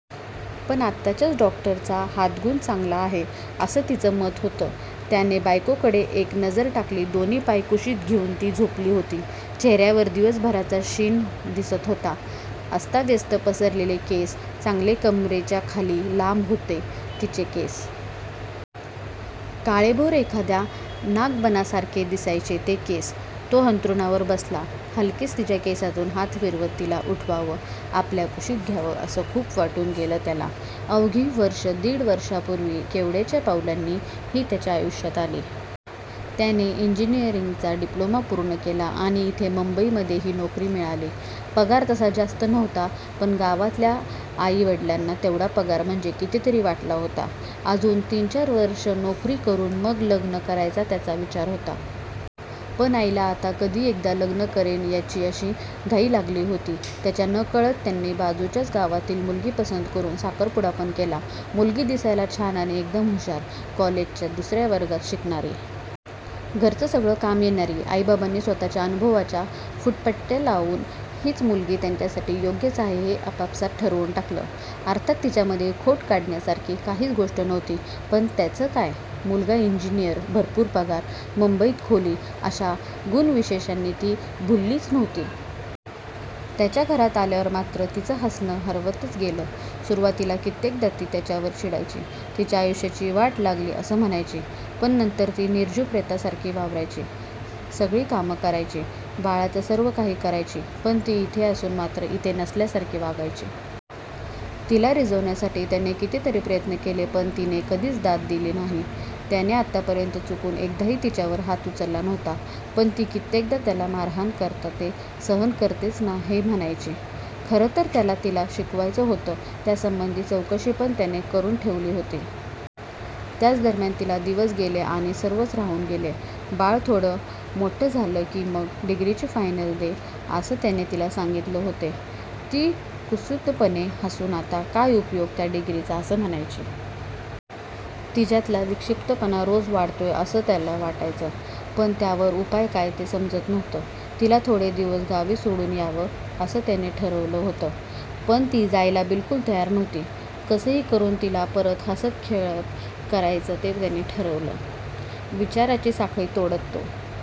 पण आताच्याच डॉक्टरचा हातगुण चांगला आहे असं तिचं मत होतं. त्याने बायकोकडे एक नजर टाकली. दोन्ही पाय कुशीत घेऊन ती झोपली होती. चेहऱ्यावर दिवसभराचा शीण दिसत होता. अस्ताव्यस्त पसरलेले केस. चांगले कमरेच्याखाली लांब होते तिचे केस. काळेभोर एखाद्या नागबनासारखे दिसायचे ते केस. तो अंथरुणावर बसला. हलकेच तिच्या केसांतून हात फिरवत. तिला उठवावं, आपल्या कुशीत घ्यावं असं खूप वाटून गेलं त्याला. अवघी वर्षं दीड वर्षापूर्वी केवड्याच्या पावलांनी ही त्याच्या आयुष्यात आली. त्याने इंजीनिअरिंगचा डिप्लोमा पूर्ण केला. आणि इथे मुंबईमध्ये ही नोकरी मिळाली. पगार तसा जास्त नव्हता पण गावातल्या आईवडलांना तेवढा पगार म्हणजे कितीतरी वाटला होता. अजून तीन चार वर्षे नोकरी करून मग लग्न करायचा त्याचा विचार होता. पण आईला आता कधी एकदा लग्न करेन याची अशी घाई लागली होती. त्याच्या नकळत त्यांनी बाजूच्याच गावातली मुलगी पसंत करून साखरपुडा पण केला. मुलगी दिसायला छान आणि एकदम हुशार. कॉलेजच्या दुसऱ्या वर्गात शिकणारी. घरचं सगळं काम येणारी. आईबाबांनी स्वतःच्या अनुभवाच्या फूटपट्ट्या लावून हीच मुलगी त्याच्यासाठी योग्यच आहे हे आपापसात ठरवून टाकलं. अर्थात तिच्यामध्ये खोट काढण्यासारखी काहीच गोष्ट नव्हती. पण त्याचं काय? मुलगा इंजीनिअर, भरपूर पगार, मुंबईत खोली अशा गुणविशेषांनी ती भुललीच नव्हती. त्याच्या घरात आल्यावर मात्र तिचं हसणं हरवतच गेलं. सुरुवातीला कित्येकदा ती त्याच्यावर चिडायची, तिच्या आयुष्याची वाट लागली असं म्हणायची. पण नंतर ती निर्जीव प्रेतासारखी वावरायची. सगळी कामं करायची, बाळाचं सर्व काही करायची पण ती इथे असून मात्र इथे नसल्यासारखी वागायची. तिला रिझवण्यासाठी त्याने कितीतरी प्रयत्न केले. पण तिने कधीच दाद दिली नाही. त्याने आतापर्यंत चुकून एकदाही तिच्यावर हात उचलला नव्हता, पण ती कित्येकदा त्याला मारहाण करता ते सहन करतेच ना हे म्हणायची. खरंतर त्याला तिला शिकवायचं होतं, त्यासंबंधी चौकशी पण त्याने करून ठेवली होती. त्याच दरम्यान तिला दिवस गेले आणि सर्वच राहून गेलं. बाळ थोडं मोठं झालं की मग डिग्रीची फायनल दे असे त्याने तिला सांगितले होते. ती कुत्सितपणे हसून आता काय उपयोग त्या डिग्रीचा? असं म्हणायची. तिच्यातला विक्षिप्तपणा रोज वाढतोय असं त्याला वाटायचं. पण त्यावर उपाय काय ते समजत नव्हतं. तिला थोडे दिवस गावी सोडून यावं असं त्याने ठरवलं होतं. पण ती जायला बिल्कुल तयार नव्हती. कसंही करून तिला परत हसतं खेळतं करायचं हे त्याने ठरवलं. विचाराची साखळी तोडत तो